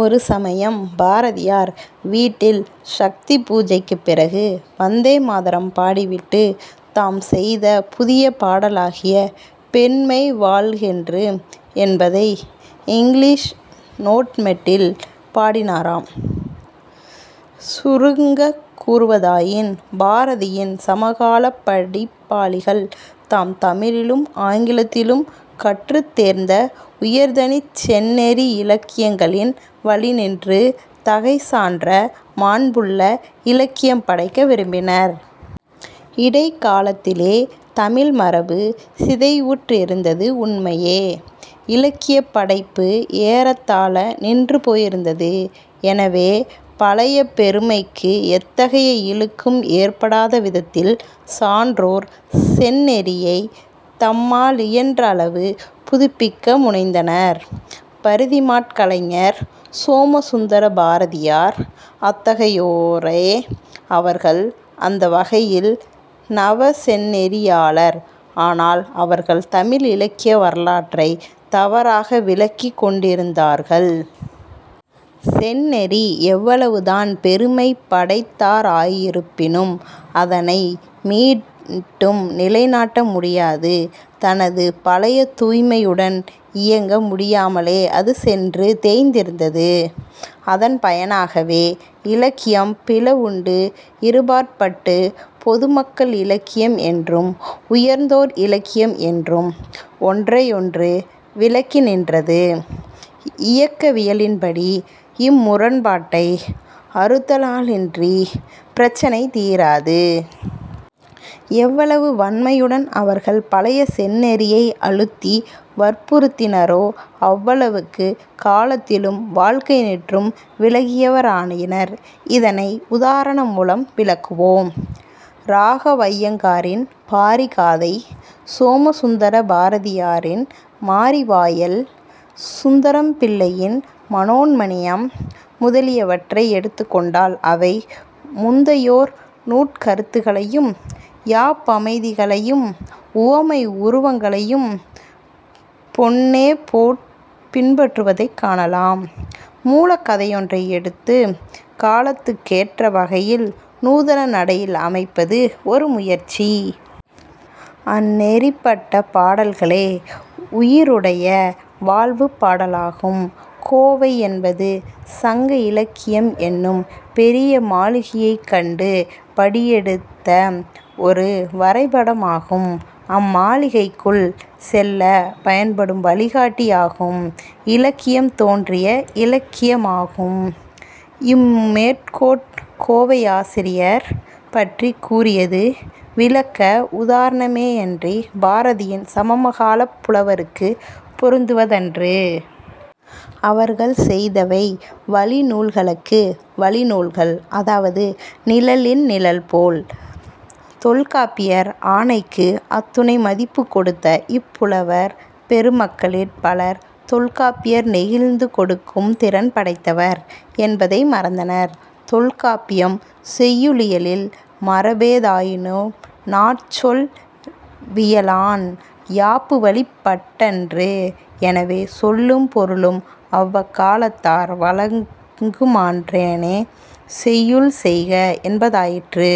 ஒரு சமயம் பாரதியார் வீட்டில் சக்தி பூஜைக்குப் பிறகு "வந்தே மாதரம்" பாடிவிட்டு, "தாம் செய்த புதிய பாடலாகிய 'பெண்மை வாழ்கென்று' என்பதை இங்கிலீஷ் "நோட்மெட்டில்" பாடினாராம்.। சுருங்கக் கூறுவதாயின் பாரதியின் சமகாலப் படிப்பாளிகள் தாம் தமிழிலும் ஆங்கிலத்திலும் கற்றுத்தேர்ந்த உயர்தனிச் செந்நெறி இலக்கியங்களின் வழிநின்று தகை சான்ற மாண்புள்ள-இலக்கியம் படைக்க விரும்பினர். இடைக்காலத்திலே தமிழ் மரபு சிதைவுற்றிருந்தது உண்மையே. இலக்கியப் படைப்பு ஏறத்தாழ நின்று போயிருந்தது. எனவே பழைய பெருமைக்கு எத்தகைய இழுக்கும் ஏற்படாத விதத்தில் சான்றோர் செந்நெறியைத் தம்மாலியன்றளவு புதுப்பிக்க முனைந்தனர். பரிதிமாற் கலைஞர், சோமசுந்தர பாரதியார் அத்தகையோரே. அவர்கள் அந்த வகையில் நவசெந்நெறியாளர். ஆனால் அவர்கள் தமிழ் இலக்கிய வரலாற்றைத் தவறாக விளங்கிக் கொண்டிருந்தார்கள். செந்நெறி எவ்வளவு தான் பெருமை படைத்தாராயிருப்பினும், அதனை மீட்டும் நிலைநாட்ட முடியாது. தனது பழைய 'தூய்மை'யுடன் இயங்க முடியாமலே அது சென்று தேய்ந்திருந்தது. அதன் பயனாகவே இலக்கியம் பிளவுண்டு இருபாற்பட்டு, பொதுமக்கள் இலக்கியம் என்றும், உயர்ந்தோர் இலக்கியம் என்றும் ஒன்றையொன்று விலக்கி நின்றது. இயக்கவியலின்படி இம் முரண்பாட்டை அறுத்தாலன்றிப் பிரச்சினை தீராது. எவ்வளவு வன்மையுடன் அவர்கள் பழைய செந்நெறியை அழுத்தி வற்புறுத்தினரோ அவ்வளவுக்குக் காலத்திலிருந்தும் வாழ்க்கையினின்றும் விலகியவராயினர். இதனை உதாரணமூலம் விளக்குவோம். இராகவையங்காரின் பாரிகாதை, சோமசுந்தர பாரதியாரின் மாரிவாயில், சுந்தரம்பிள்ளையின் மனோன்மணீயம், முதலியவற்றை எடுத்துக்கொண்டால், அவை முந்தையோர் நூற்கருத்துக்களையும், யாப்பமைதிகளையும், உவமை உருவங்களையும் பொன்னேபோற் பின்பற்றுவதைக் காணலாம். மூலக் கதையொன்றை எடுத்துக் காலத்துக்கேற்ற வகையில் நூதன நடையில் அமைப்பது ஒரு முயற்சி. அந்நெறிப்பட்ட பாடல்களே உயிருடைய வாழ்வுப் பாடலாகும்... கோவை என்பது சங்க இலக்கியம் என்னும் பெரிய மாளிகையைக் கண்டு படியெடுத்த ஒரு வரைப் படமாகும்; அம்மாளிகைக்குள் செல்லப் பயன்படும் வழிகாட்டியாகும்; இலக்கியம் தோற்றிய இலக்கியமாகும். " இம்மேற்கோளிற் கோவையாசிரியர் பற்றிக் கூறியது விளக்க உதாரணமேயன்றிப் பாரதியின் சமகாலப் புலவர்க்குப் பொருந்துவதன்று. அவர்கள் செய்தவை வழிநூல்களக்கு வழிநூல்கள். அதாவது நிழலின் நிழல்போல! தொல்காப்பியர் ஆணைக்கு அத்துணை மதிப்புக் கொடுத்த இப்புலவர் பெருமக்களிற் பலர் தொல்காப்பியர் நெகிழ்ந்துகொடுக்கும் திறன் படைத்தவர் என்பதை மறந்தனர். தொல்காப்பியம் செய்யுளியலில், "மரபேதானும் நாற் சொல் வியலான் யாப்புவழிப் பட்டன்று" "எனவே, சொல்லும் பொருளும் அவ்வக்காலத்தார் வழங்கு மாற்றானே செய்யுள் செய்க என்பதாயிற்று.